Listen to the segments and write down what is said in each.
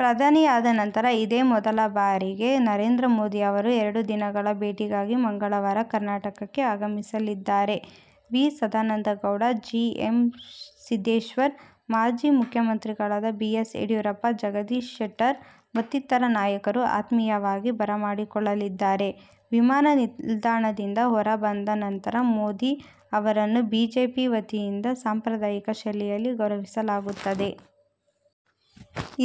ಪ್ರಧಾನಿಯಾದ ನಂತರ ಇದೇ ಮೊದಲ ಬಾರಿಗೆ ನರೇಂದ್ರ ಮೋದಿ ಅವರು ಎರಡು ದಿನಗಳ ಭೇಟಿಗಾಗಿ ಮಂಗಳವಾರ ಕರ್ನಾಟಕಕ್ಕೆ ಆಗಮಿಸಲಿದ್ದಾರೆ. V. Sadananda Gowda, G. M. Siddeshwar, ಮಾಜಿ ಮುಖ್ಯಮಂತ್ರಿಗಳಾದ ಬಿ. ಎಸ್. ಯಡಿಯೂರಪ್ಪ, ಜಗದೀಶ್ ಶೆಟ್ಟರ್ ಮತ್ತಿತರ ನಾಯಕರು ಆತ್ಮೀಯವಾಗಿ ಬರಮಾಡಿಕೊಳ್ಳಲಿದ್ದಾರೆ. ವಿಮಾನ ನಿಲ್ದಾಣದಿಂದ ಹೊರಬಂದ ನಂತರ ಮೋದಿ ಅವರನ್ನು ಬಿಜೆಪಿ ವತಿಯಿಂದ ಸಾಂಪ್ರದಾಯಿಕ ಶೈಲಿಯಲ್ಲಿ ಗೌರವಿಸಲಾಗುತ್ತದೆ.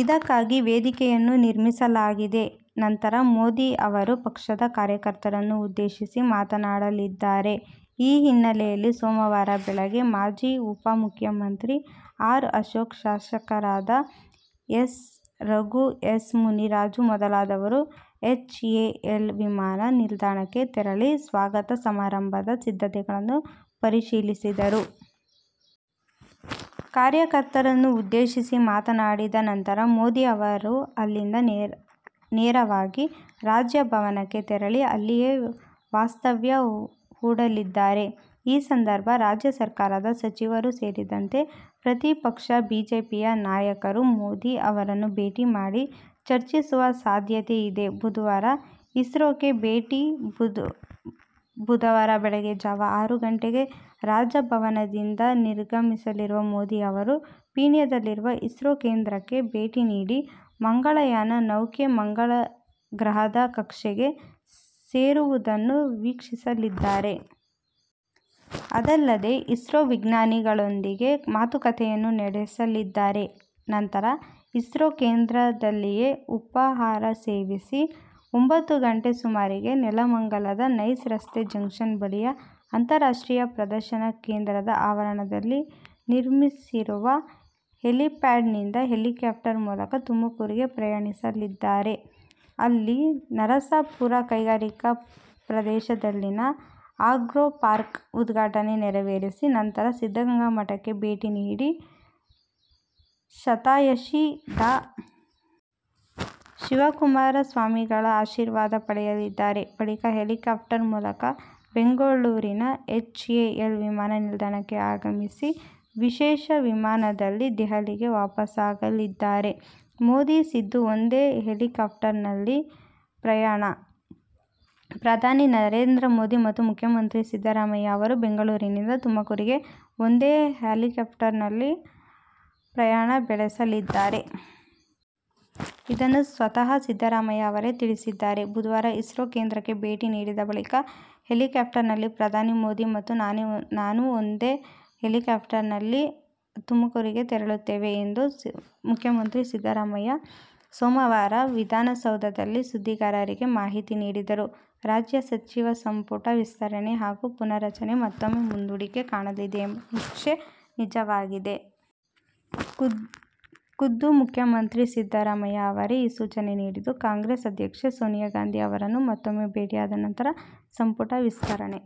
ಇದಕ್ಕಾಗಿ ವೇದಿಕೆಯನ್ನೂ ನಿರ್ಮಿಸಲಾಗಿದೆ. ನಂತರ ಮೋದಿ ಅವರು ಪಕ್ಷದ ಕಾರ್ಯಕರ್ತರನ್ನು ಉದ್ದೇಶಿಸಿ ಮಾತನಾಡಲಿದ್ದಾರೆ. ಈ ಹಿನ್ನೆಲೆಯಲ್ಲಿ ಸೋಮವಾರ ಬೆಳಗ್ಗೆ ಮಾಜಿ ಉಪಮುಖ್ಯಮಂತ್ರಿ ಆರ್. ಅಶೋಕ್, ಶಾಸಕರಾದ ಎಸ್. ರಘು, ಎಸ್. ಮುನಿರಾಜು ಮೊದಲಾದವರು ಎಚ್ ಎ ಎಲ್ ವಿಮಾನ ನಿಲ್ದಾಣಕ್ಕೆ ತೆರಳಿ ಸ್ವಾಗತ ಸಮಾರಂಭದ ಸಿದ್ಧತೆಗಳನ್ನು ಪರಿಶೀಲಿಸಿದರು. ಕಾರ್ಯಕರ್ತರನ್ನು ಉದ್ದೇಶಿಸಿ ಮಾತನಾಡಿದ ನಂತರ ಮೋದಿ ಅವರು ಅಲ್ಲಿಂದ ನೇರವಾಗಿ ರಾಜಭವನಕ್ಕೆ ತೆರಳಿ ಅಲ್ಲಿಯೇ ವಾಸ್ತವ್ಯ ಹೂಡಲಿದ್ದಾರೆ. ಈ ಸಂದರ್ಭ ರಾಜ್ಯ ಸರ್ಕಾರದ ಸಚಿವರೂ ಸೇರಿದಂತೆ ಪ್ರತಿಪಕ್ಷ ಬಿಜೆಪಿಯ ನಾಯಕರು ಮೋದಿ ಅವರನ್ನು ಭೇಟಿ ಮಾಡಿ ಚರ್ಚಿಸುವ ಸಾಧ್ಯತೆಯಿದೆ. ಬುಧವಾರ ಇಸ್ರೋಕ್ಕೆ ಭೇಟಿ ಬುಧವಾರ ಬೆಳಗಿನ ಜಾವ ಆರು ಗಂಟೆಗೆ ರಾಜಭವನದಿಂದ ನಿರ್ಗಮಿಸಲಿರುವ ಮೋದಿ ಅವರು ಪೀಣ್ಯದಲ್ಲಿರುವ ಇಸ್ರೋ ಕೇಂದ್ರಕ್ಕೆ ಭೇಟಿ ನೀಡಿ ಮಂಗಳಯಾನ ನೌಕೆ ಮಂಗಳ ಗ್ರಹದ ಕಕ್ಷೆಗೆ ಸೇರುವುದನ್ನು ವೀಕ್ಷಿಸಲಿದ್ದಾರೆ. ಅಲ್ಲದೆ ಇಸ್ರೋ ವಿಜ್ಞಾನಿಗಳೊಂದಿಗೆ ಮಾತುಕತೆಯನ್ನೂ ನಡೆಸಲಿದ್ದಾರೆ. ನಂತರ ಇಸ್ರೋ ಕೇಂದ್ರದಲ್ಲಿಯೇ ಉಪಹಾರ ಸೇವಿಸಿ ಒಂಭತ್ತು ಗಂಟೆ ಸುಮಾರಿಗೆ ನೆಲಮಂಗಲದ ನೈಸ್ ರಸ್ತೆ ಜಂಕ್ಷನ್ ಬಳಿಯ ಅಂತಾರಾಷ್ಟ್ರೀಯ ಪ್ರದರ್ಶನ ಕೇಂದ್ರದ ಆವರಣದಲ್ಲಿ ನಿರ್ಮಿಸಿರುವ ಹೆಲಿಪ್ಯಾಡ್ನಿಂದ ಹೆಲಿಕಾಪ್ಟರ್ ಮೂಲಕ ತುಮಕೂರಿಗೆ ಪ್ರಯಾಣಿಸಲಿದ್ದಾರೆ. ಅಲ್ಲಿ ನರಸಾಪುರ ಕೈಗಾರಿಕಾ ಪ್ರದೇಶದಲ್ಲಿನ ಆಗ್ರೋಪಾರ್ಕ್ ಉದ್ಘಾಟನೆ ನೆರವೇರಿಸಿ ನಂತರ ಸಿದ್ದಗಂಗಾ ಮಠಕ್ಕೆ ಭೇಟಿ ನೀಡಿ ಶತಾಯುಷಿ ಡಾ. ಶಿವಕುಮಾರ ಸ್ವಾಮೀಜಿಗಳ ಆಶೀರ್ವಾದ ಪಡೆಯಲಿದ್ದಾರೆ. ಬಳಿಕ ಹೆಲಿಕಾಪ್ಟರ್ ಮೂಲಕ ಬೆಂಗಳೂರಿನ ಎಚ್ ಎ ಎಲ್ ವಿಮಾನ ನಿಲ್ದಾಣಕ್ಕೆ ಆಗಮಿಸಿ ವಿಶೇಷ ವಿಮಾನದಲ್ಲಿ ದೆಹಲಿಗೆ ವಾಪಸಾಗಲಿದ್ದಾರೆ. ಮೋದಿ-ಸಿದ್ದು ಒಂದೇ ಹೆಲಿಕಾಪ್ಟರ್ನಲ್ಲಿ ಪ್ರಯಾಣ. ಪ್ರಧಾನಿ ನರೇಂದ್ರ ಮೋದಿ ಮತ್ತು ಮುಖ್ಯಮಂತ್ರಿ ಸಿದ್ದರಾಮಯ್ಯ ಅವರು ಬೆಂಗಳೂರಿನಿಂದ ತುಮಕೂರಿಗೆ ಒಂದೇ ಹೆಲಿಕಾಪ್ಟರ್ನಲ್ಲಿ ಪ್ರಯಾಣ ಬೆಳಸಲಿದ್ದಾರೆ. ಇದನ್ನು ಸ್ವತಃ ಸಿದ್ದರಾಮಯ್ಯ ಅವರೇ ತಿಳಿಸಿದ್ದಾರೆ. ಬುಧವಾರ ಇಸ್ರೋ ಕೇಂದ್ರಕ್ಕೆ ಭೇಟಿ ನೀಡಿದ ಬಳಿಕ ಹೆಲಿಕಾಪ್ಟರ್ನಲ್ಲಿ ಪ್ರಧಾನಿ ಮೋದಿ ಮತ್ತು ನಾನು ಒಂದೇ ಹೆಲಿಕಾಪ್ಟರ್ನಲ್ಲಿ ತುಮಕೂರಿಗೆ ತೆರಳುತ್ತೇವೆ ಎಂದು ಮುಖ್ಯಮಂತ್ರಿ ಸಿದ್ದರಾಮಯ್ಯ ಸೋಮವಾರ ವಿಧಾನಸೌಧದಲ್ಲಿ ಸುದ್ದಿಗಾರರಿಗೆ ಮಾಹಿತಿ ನೀಡಿದರು. ರಾಜ್ಯ ಸಚಿವ ಸಂಪುಟ ವಿಸ್ತರಣೆ ಹಾಗೂ ಪುನರ್ ರಚನೆ ಮತ್ತೂಮ್ಮೆ ಮುಂದೂಡಿಕೆ ಕಾಣಲಿದೆ ಎಂಬ ನಿರೀಕ್ಷೆ ನಿಜವಾಗಿದೆ. ಖುದ್ದು ಮುಖ್ಯಮಂತ್ರಿ ಸಿದ್ದರಾಮಯ್ಯ ಅವರೇ ಈ ಸೂಚನೆ ನೀಡಿದ್ದು, ಕಾಂಗ್ರೆಸ್ ಅಧ್ಯಕ್ಷೆ ಸೋನಿಯಾ ಗಾಂಧಿ ಅವರನ್ನು ಮತ್ತೂಮ್ಮೆ ಭೇಟಿಯಾದ ನಂತರ ಸಂಪುಟ ವಿಸ್ತರಣೆ